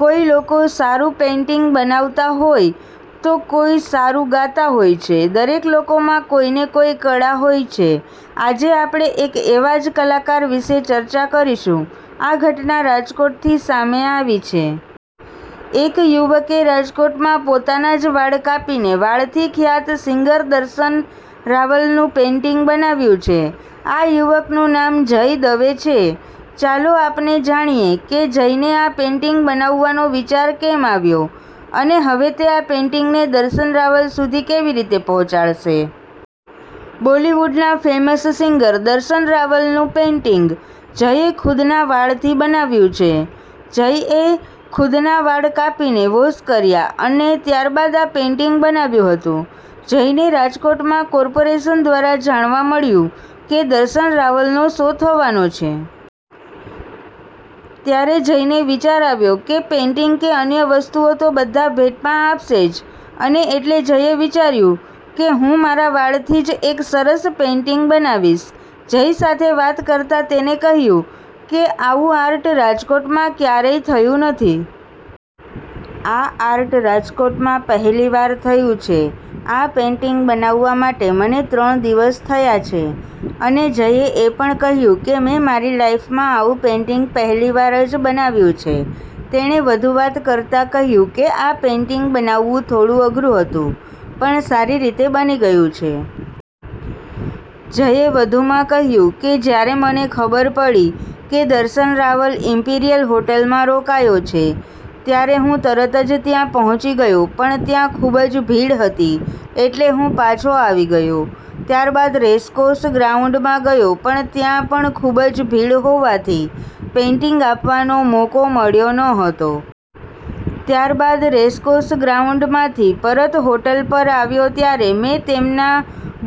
કોઈ લોકો સારૂ પેઈન્ટિંગ બનાવતા હોઈ તો કોઈ સારૂ ગાતા હોય છે. દરેક લોકોમાં કોઈને કોઈ કળા હોય છે. આજે આપણે એક એવા જ કલાકાર વિષે ચર્ચા કરીશું. આ ઘટના રાજકોટ થી સામે આવી છે. એક યુવકે રાજકોટમાં પોતાના જ વાળ કાપીને વાળથી ખ્યાત સિંગર દર્શન રાવલ નું પેઈન્ટિંગ બનાવ્યું છે. આ યુવકનું નામ જય દવે છે, ચાલો આપને જાણીએ કે જયને આ પેઈન્ટિંગ બનાવવાનો વિચાર કેમ આવ્યો અને હવે તે આ પેઈન્ટિંગને દર્શન રાવલ સુધી કેવી રીતે પહોંચાડશે. બોલિવૂડના ફેમસ સિંગર દર્શન રાવલનું પેઈન્ટિંગ જયે ખુદના વાળથી બનાવ્યું છે. જયએ ખુદના વાળ કાપીને વોશ કર્યા અને ત્યાર બાદ આ પેઈન્ટિંગ બનાવ્યું હતું. જયને રાજકોટમાં કોર્પોરેશન દ્વારા જાણવા મળ્યું કે દર્શન રાવલનો શો થવાનો છે. ત્યારે જયને વિચાર આવ્યો કે પેઈન્ટિંગ કે અન્ય વસ્તુઓ તો બધા ભેટમાં આપશે જ અને એટલે જયે વિચાર્યું કે, હું મારા વાળથી જ એક સરસ પેઈન્ટિંગ બનાવીશ. જય સાથે વાત કરતા તેને કહ્યું કે, આવું આર્ટ રાજકોટમાં ક્યારેય થયું નથી. આ આર્ટ રાજકોટમાં પહેલીવાર થયું છે. આ પેઈન્ટિંગ બનાવા માટે મને ત્રણ દિવસ થયા છે અને જયે એ પણ કહ્યું કે મેં મારી લાઈફમાં આવું પેઈન્ટિંગ પહેલીવાર જ બનાવ્યું છે. તેણે વધુ વાત કરતા કહ્યું કે આ પેઈન્ટિંગ બનાવવું થોડુ અઘરૂ હતું પણ સારી રીતે બની ગયું છે. જયે વધુમાં કહ્યું કે જ્યારે મને ખબર પડી કે, દર્શન રાવલ ઈમ્પિરિયલ હોટલમાં રોકાયો છે. ત્યારે હું તરતજ ત્યાં પહોચી ગયો પણ ત્યાં ખુબજ ભીડ હતી એટલે હું પાછો આવી ગયો. ત્યાર બાદ રેસકોર્ષ ગ્રાઉન્ડમાં ગયો પણ ત્યાં પણ ખુબજ ભીડ હોવાથી પેઈન્ટિંગ આપવાનો મોકો મળ્યો ન હતો. ત્યાર બાદ રેસકોર્ષ ગ્રાઉન્ડ માંથી પરત હોટલ પર આવ્યો ત્યારે મેં તેમના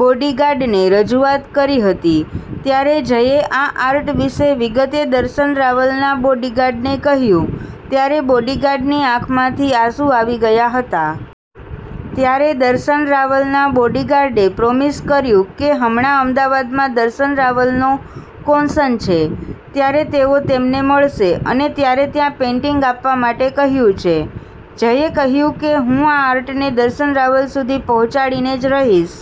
બોડિગાર્ડને રજુઆત કરી હતી. ત્યારે જયે આ આર્ટ વિષે વિગતે દર્શન રાવલના બોડિગાર્ડ ને કહ્યું ત્યારે બોડિગાર્ડની આંખ માંથી આંસુ આવી ગયા હતા. ત્યારે દર્શન રાવલના બોડિગાર્ડએ પ્રોમિસ કર્યું કે હમણાં અમદાવાદમાં દર્શન રાવલનો કોન્સર્ન છે. ત્યારે તેઓ તેમને મળશે અને ત્યારે ત્યાં પેઈન્ટિંગ આપવા માટે કહ્યું છે. જયે કહ્યું કે હું આ આર્ટને દર્શન રાવલ સુધી પહોંચાડીને જ રહીશ.